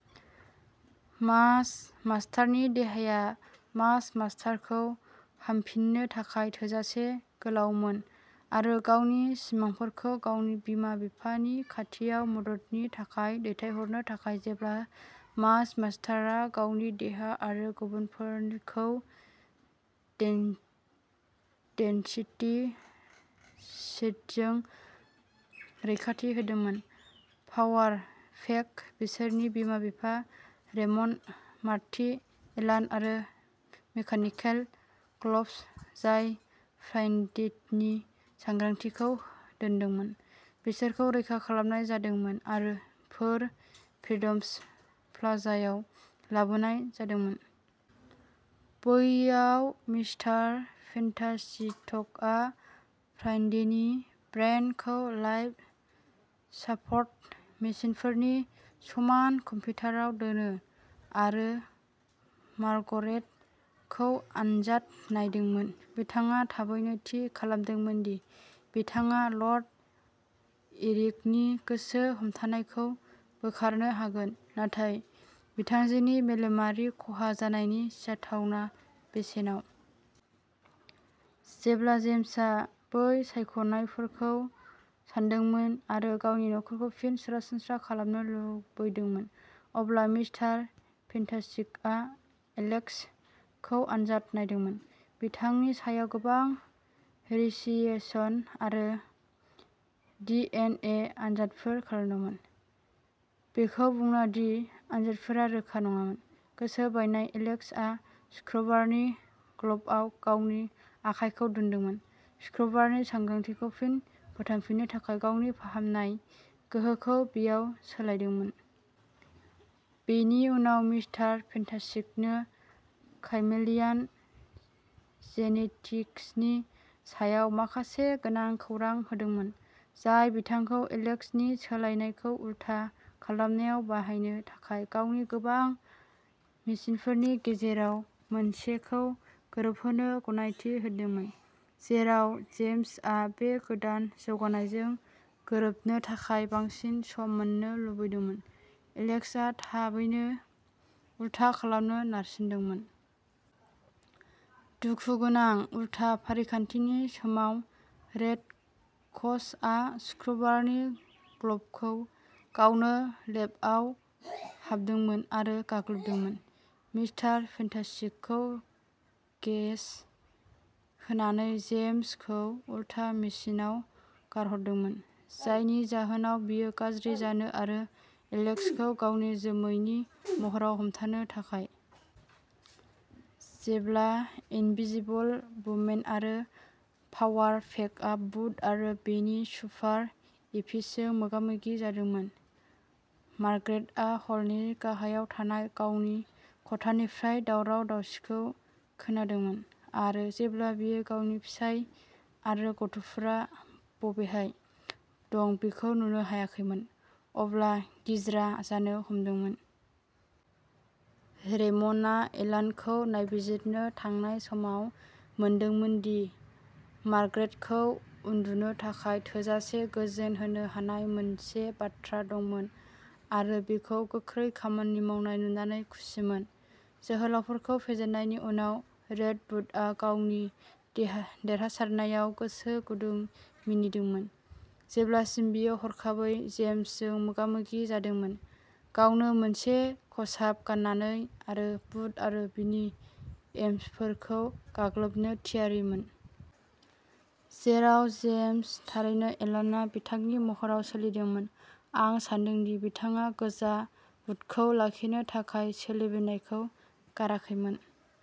मास मास्टारनि देहाया मास मास्टार खौ हामफिन्नो थाखाय थोजासे गोलावमोन आरो गावनि सिमांफोरखौ गावनि बिमा-बिफानि खाथियाव मददनि थाखाय दैथायहरनो थाखाय जेब्ला मास मास्टार आ गावनि देहा आरो गुबुनफोरखौ डेन्ट डेन्सिटि शीडजों रैखाथि होदोंमोन। पावार पेक, बिसोरनि बिमा-बिफा रेमन्ड, मार्टी एलान आरो मेकानिकेल ग्ल'बस जाय फ्राइनडिड नि सांग्रांथिखौ दोनदोंमोन, बिसोरखौ रैखा खालामनाय जादोंमोन आरो फोर फ्रिडम्स प्लाजायाव लाबोनाय जादोंमोन। बैयाव मिस्टार फेन्टासिटकआ फ्राइडेनि ब्रेन खौ लाइफ सापर्ट मेसिनफोरनि समान कम्पिउटाराव दोनो आरो मार्गरेट खौ आनजाद नायदोंमोन। बिथाङा थाबैनो थि खालामदोंमोन दि बिथाङा लर्ड इरिकनि गोसो हमथानायखौ बोखारनो हागोन, नाथाय बिथांजोनि मेलेमारि खहा जानायनि जाथावना बेसेनाव। जेब्ला जेम्स आ बै सायख'नायफोरखौ सानदोंमोन आरो गावनि नखरखौ फिन सरासनस्रा खालामनो लुबैदोंमोन, अब्ला मिस्टार फेन्टास्टिकआ एलेक्स खौ आनजाद नायदोंमोन, बिथांनि सायाव गोबां रेसिएसन आरो डी एन ए आनजादफोर खालामदोंमोन। बेखौ बुंना दि आनजादफोरा रोखा नङामोन, गोसो बायनाय एलेक्स आ सुक्रुबारनि ग्ल'बआव गावनि आखायखौ दोनदोंमोन, शुक्रबारनि सांग्रांथिखौ फिन फोथांफिन्नो थाखाय गावनि फाहामनाय गोहोखौ बेयाव सोलायदोंमोन। बेनि उनाव मिस्टार फेन्टास्टिकनो काइमेलियान जेनेटिक्सनि सायाव माखासे गोनां खौरां होदोंमोन, जाय बिथांखौ एलेक्स नि सोलायनायखौ उलथा खालामनायाव बाहायनो थाखाय गावनि गोबां मिसिनफोरनि गेजेराव मोनसेखौ गोरोबहोनो गनायथि होदोंमोन। जेराव जेम्स आ बे गोदान जौगानायजों गोरोबनो थाखाय बांसिन सम मोन्नो लुबैदोंमोन एलेक्स आ थाबैनो उलथा खालामनो नारसिनदोंमोन। दुखुगोनां उलथा फारिखान्थिनि समाव रेड क'स आ सुक्रुबारनि ग्ल'बखौ गावनो लेबआव हाबदोंमोन आरो गाग्लोबदोंमोन, मिस्टार फेन्टास्टिकखौ गेस होनानै जेम्स खौ उलथा मेसिनआव गारहरदोंमोन, जायनि जाहोनाव बेयो गाज्रि जानो आरो एलेक्स खौ गावनि जोमैनि महराव हमथानो थाखाय। जेब्ला इनविजिबल वुमेन आरो पावार पेकआ भुत आरो बिनि सुपार एपिसजों मोगा-मोगि जादोंमोन, मार्ग्रेटआ हरनि गाहायाव थानाय गावनि खथानिफ्राय दावराव-दावसिखौ खोनादोंमोन आरो जेब्ला बियो गावनि फिसाय आरो गथ'फोरा बबेहाय दं बेखौ नुनो हायाखैमोन, अब्ला गिज्रा जानो हमदोंमोन। रेमन्डआ एलानखौ नायबिजिरनो थांनाय समाव मोनदोंमोन दि मार्ग्रेट खौ उन्दुनो थाखाय थोजासे गोजोन होनो हानाय मोनसे बाथ्रा दंमोन आरो बेखौ गोख्रै खामानि मावनाय नुनानै खुसिमोन। जोहोलावफोरखौ फेजेननायनि उनाव रेड भुतआ गावनि देहा देरहासारनायाव गोसो गुदुं मिनिदोंमोन, जेब्लासिम बियो हरखाबै जेम्स जों मोगा-मोगि जादोंमोन, गावनो मोनसे खसाब गाननानै आरो भुत आरो बिनि एम्सफोरखौ गाग्लोबनो थियारिमोन। जेराव जेम्स थारैनो एलानआ बिथांनि महराव सोलिदोंमोन आं सान्दों दि बिथाङा गोजा भुतखौ लाखिनो थाखाय सोलिबोनायखौ गाराखैमोन।